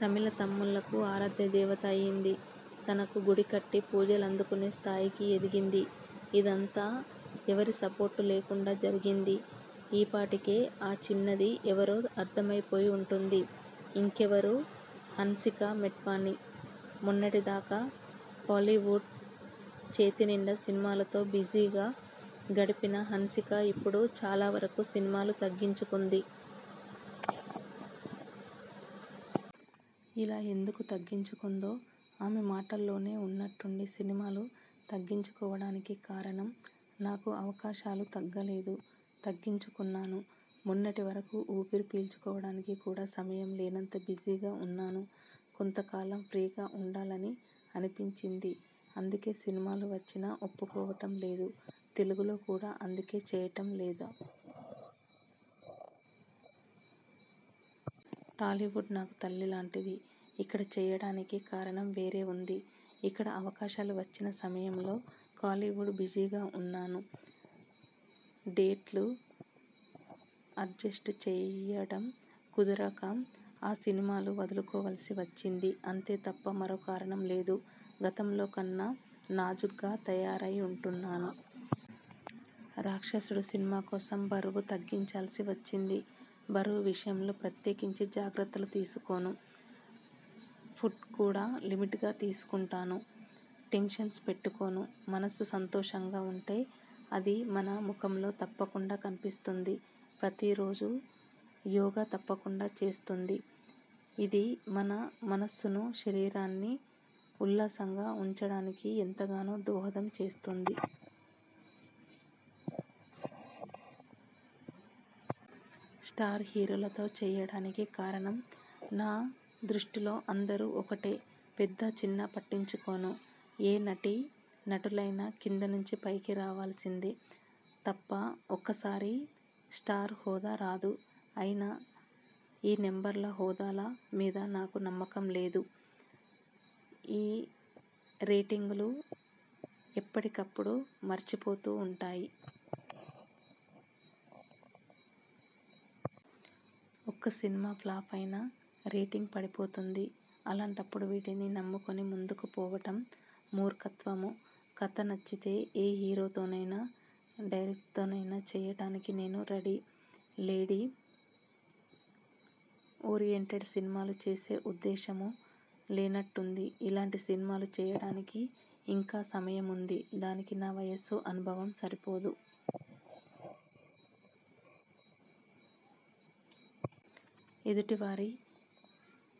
తమిళ తమ్ముళ్ళకు ఆరాధ్య దేవత అయింది. తనకు గుడి కట్టి పూజలందుకునే స్థాయికి ఎదిగింది. ఇదంతా ఎవరి సపోర్ట్ లేకుండానే జరిగింది. ఈ పాటికే ఆ చిన్నది ఎవరో అర్థమైపోయి ఉంటుంది. ఇంకెవరు హన్సికా మోట్వాని. మొన్నటి దాకా కోలీవుడ్లో చేతినిండా సినిమాలతో బిజి బిజీగా గడిపిన హన్సిక ఇప్పుడు చాలా వరకూ సినిమాలు తగ్గించుకుంది. అలా ఎందుకు తగ్గించుకుందో ఆమె మాటల్లోనేఉన్నట్టుండి సినిమాలు తగ్గిపోవడానికి కారణం? నాకు అవకాశాలు తగ్గలేదు. తగ్గించుకున్నాను. మొన్నటి వరకూ ఊపిరి పీల్చుకోవడానికి కూడా సమయం లేనంత బిజీగా ఉన్నాను. కొంతకాలం ఫ్రీగా ఉండాలని అనిపించింది. అందుకే సినిమాలు వచ్చినా ఒప్పుకోవడంలేదు. తెలుగులో కూడా ఇందుకే చేయడం లేదా? టాలీవుడ్ నాకు తల్లి లాంటిది. ఇక్కడ చేయకపోవడానికి కారణం వేరే ఉంది. ఇక్కడ అవకాశాలు వచ్చిన సమయంలో కోలీవుడ్లో బిజీగా ఉన్నాను. డేట్లు అడ్జస్ట్ చేయడం కుదరక ఆ సినిమాలు వదులుకోవలసి వచ్చింది అంతే తప్ప మరో కారణం లేదు. గతంలో కన్నా నాజూగ్గా తయారైనట్టున్నారు? 'రక్షకుడు' సినిమా కోసం బరువు తగ్గాల్సి వచ్చింది. బరువు విషయంలో ప్రత్యేకించి జాగ్రత్తలు తీసుకోను. ఫుడ్ కూడా లిమిట్గానే తీసుకుంటాను. టెన్షన్స్ పెట్టుకోను. మనస్సు సంతోషంగా ఉంటే అది మన ముఖంలో తప్పకుండా కనిపిస్తుంది. ప్రతి రోజూ యోగా తప్పకుండా చేస్తుంది. అది మన మనస్సునూ, శరీరాన్ని ఉల్లాసంగా ఉంచడానికి ఎంతగానో దోహదం చేస్తుంది. స్టార్ హీరోలతో చేయకపోవడానికి కారణం? నా దృష్టిలో అందరూ ఒకటే పెద్దా చిన్నా పట్టించుకోను. ఏ నటీ నటులైనా కింద నుంచి పైకి రావలసిందే తప్ప ఒక్కసారిగా స్టార్ హోదా రాదు. అయినా ఈ నెంబర్లు, హోదాల మీద నాకు నమ్మకం లేదు. ఈ రేటింగులు ఎప్పటికప్పుడు మారిపోతూ ఉంటాయి. ఒక్క సినిమా ఫ్లాప్ అయినా రేటింగ్ పడిపోతుంది. అలాంటప్పుడు వీటిని నమ్ముకుని ముందుకు పోవడం మూర్ఖత్వం. కథ నచ్చితే ఏ హీరోతోనైనా, డైరక్టర్తోనైనా చేయడానికి నేను రెడీ లేడీ ఓరియెంటెడ్ సినిమాలు చేసే ఉద్దేశ్యం లేనట్టుంది? అలాంటి సినిమాలు చేయడానికి ఇంకా సమయముంది. దానికి నా వయసు, అనుభవం సరిపోదు. ఎదుటి వారి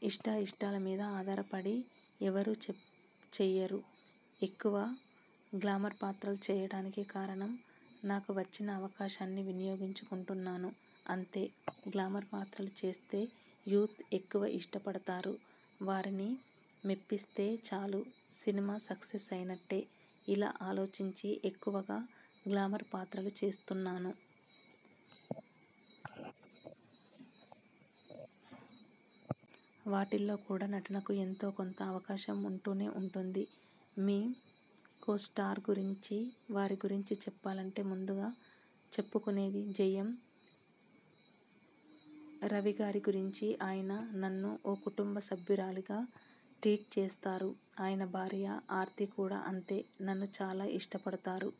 ఇష్టాఇష్టాల మీద ఆధారపడి ఎవరూ చేయరు. ఎక్కువ గ్లామర్ పాత్రలు చేయడానికి కారణం? నాకు వచ్చిన అవకాశాన్ని వినియోగించుకుంటున్నాను అంతే గ్లామర్ పాత్రలు చేస్తే యూత్ ఎక్కువగా ఇష్టపడతారు. వారిని మెప్పిస్తే చాలు సినిమా సక్సెస్ అయినట్టే! ఇలా ఆలోచించే ఎక్కువగా గ్లామర్ పాత్రలు చేస్తున్నాను. వాటిల్లో కూడా నటనకు ఎంతో కొంత అవకాశం ఉంటూనే ఉంటుంది. మీ కోస్టార్స్ గురించివారి గురించి చెప్పాలంటే ముందుగా చెప్పుకునేది జయం రవిగారి గురించే ఆయన నన్ను ఓ కుటుంబ సభ్యురాలిగా ట్రీట్ చేస్తారు. ఆయన భార్య ఆర్తి కూడా అంతే! నన్ను చాలా ఇష్టపడతారు.